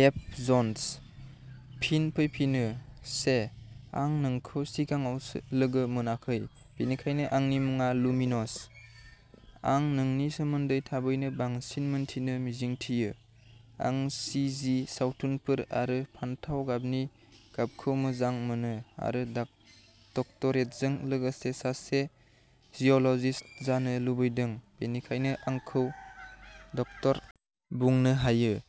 F. Jones. फिन फैफिनो, चे! आं नोंखौ सिगाङाव लोगो मोनाखै, बेनिखायनो आंनि मुङा लुमिनस! आं नोंनि सोमोन्दै थाबैनो बांसिन मिन्थिनो मिजिंथियो। आं चिजि सावथुनफोर आरो फान्थाव गाबनि गाबखौ मोजां मोनो आरो डक्टरेटजों लोगोसे सासे जिअ'लजिस्ट जानो लुबैदों, बेनिखायनो आंखौ ड. बुंनो हायो।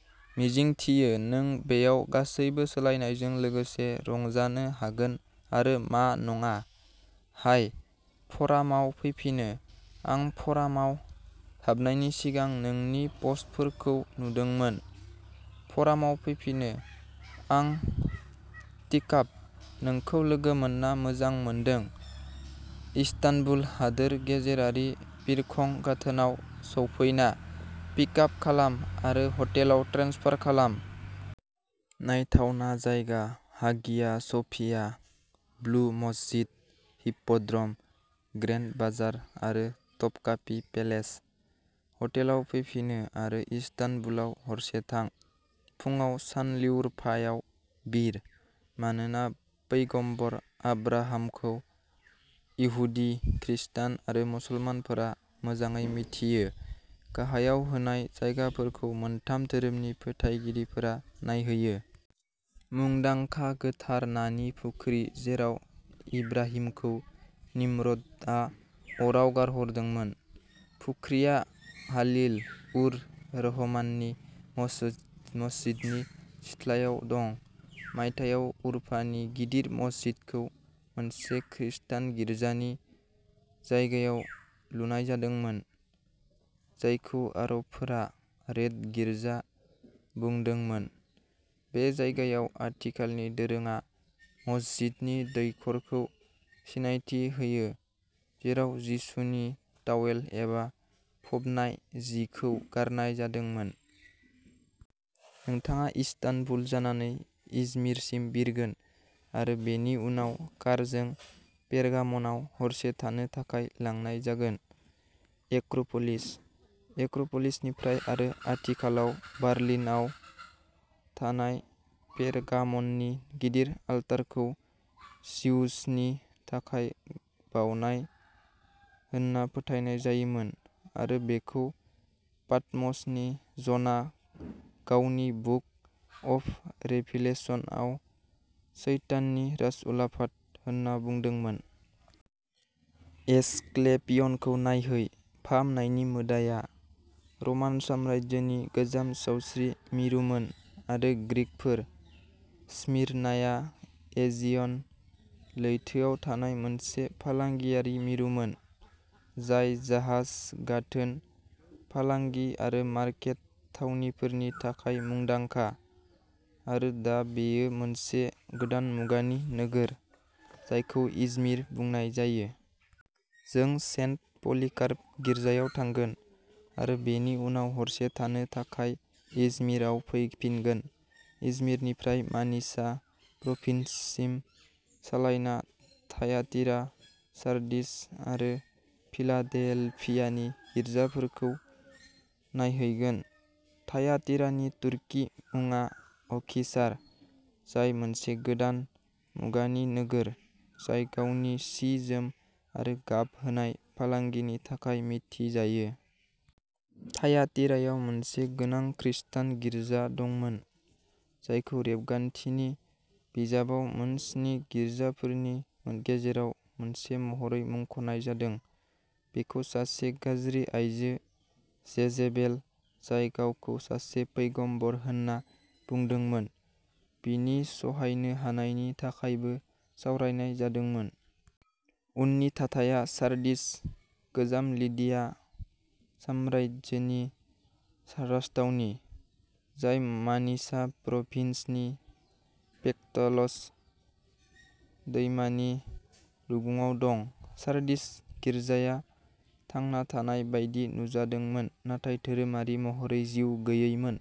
मिजिंथियो नों बेयाव गासैबो सोलायनायजों लोगोसे रंजानो हागोन आरो मा नङा। हाय! फरामाव फैफिनो! आं फरामाव हाबनायनि सिगां नोंनि पस्टफोरखौ नुदोंमोन। फरामाव फैफिनो। आं टीकाप। नोंखौ लोगो मोनना मोजां मोनदों! इस्तानबुल हादोर गेजेरारि बिरखं गाथोनाव सौफैना, पिक आप खालाम आरो हटेलाव ट्रेन्सफार खालाम। नायथावना जायगाः हागिया सोफिया, ब्लु मस्जिद, हिप्प'ड्र'म, ग्रेन्ड बाजार आरो टपकापि पेलेस। हटेलाव फैफिनो आरो इस्तानबुलाव हरसे थां। फुंआव सानलिउर्फायाव बिर। मानोना पैगम्बर आब्राहामखौ इहुदि, खृस्टान आरो मुसलमानफोरा मोजाङै मिथियो, गाहायाव होनाय जायगाफोरखौ मोनथाम धोरोमनि फोथायगिरिफोरा नायहैयो। मुंदांखा गोथार नानि फुख्रि जेराव इब्राहिमखौ निम्र'दआ अराव गारहरदोंमोन। फुख्रिया हालिल-उर-रहमाननि मस्जिदनि सिथलायाव दं। मायथाइयाव उरफानि गिदिर मस्जिदखौ मोनसे खृस्टान गिर्जानि जायगायाव लुनाय जादोंमोन, जायखौ आरबफोरा "रेड गिर्जा" बुंदोंमोन। बे जायगायाव आथिखालनि दोरोङा मस्जिदनि दैखरखौ सिनायथि होयो जेराव जिसुनि तावेल एबा फबनाय जि खौ गारनाय जादोंमोन। नोंथाङा इस्तानबुल जानानै इजमिरसिम बिरगोन आरो बेनि उनाव कारजों पेरगाम'नआव हरसे थानो थाखाय लांनाय जागोन। एक्रोपोलिसः एक्रोपोलिसनिफ्राय आरो आथिखालाव बार्लिनआव थानाय पेरगाम'ननि गिदिर आलतारखौ जिउसनि थाखाय बावनाय होनना फोथायनाय जायोमोन आरो बेखौ पाटम'सनि ज'ना गावनि बुक अफ रेभिलेशन आव "सैताननि राजउलाफाद" होन्ना बुंदोंमोन। एसक्लेपियनखौ नायहै, फाहामनायनि मोदाया, रमान साम्रायजोनि गोजाम सावस्रि मिरुमोन आरो ग्रीकफोर। स्मिरनाया एजियन लैथोआव थानाय मोनसे फालांगियारि मिरुमोन, जाय जाहाज गाथोन, फालांगि आरो मारकेट थावनिफोरनि थाखाय मुंदांखा, आरो दा बेयो मोनसे गोदान मुगानि नोगोर, जायखौ इजमिर बुंनाय जायो। जों सेन्ट पलिकार्प गिर्जायाव थांगोन आरो बेनि उनाव हरसे थानो थाखाय इजमिरआव फैफिनगोन। इजमिरनिफ्राय मानिसा प्रभिन्ससिम सालायना थायातिरा, सार्डिस आरो फिलाडेल्फियानि गिर्जाफोरखौ नायहैगोन। थायातिरानि तुर्की मुङा अखिसार, जाय मोनसे गोदान मुगानि नोगोर, जाय गावनि सि-जोम आरो गाब होनाय फालांगिनि थाखाय मिथिजायो। थायातिरायाव मोनसे गोनां खृस्टान गिर्जा दंमोन, जायखौ रेबगान्थिनि बिजाबाव मोनस्नि गिर्जाफोरनि गेजेराव मोनसे महरै मुंख'नाय जादों। बेखौ सासे गाज्रि आइजो, जेजेबेल, जाय गावखौ सासे पैगम्बर होनना बुंदोंमोन, बिनि सहायनो हानायनि थाखायबो सावरायनाय जादोंमोन। उननि थाथाया सार्डिस, गोजाम लिडिया साम्रायजोनि राजथावनि, जाय मानिसा प्रभिन्सनि पेक्टलस दैमानि रुगुङाव दं। सार्डिस गिर्जाया थांना थानाय बायदि नुजादोंमोन नाथाय धोरोमारि महरै जिउ गैयैमोन।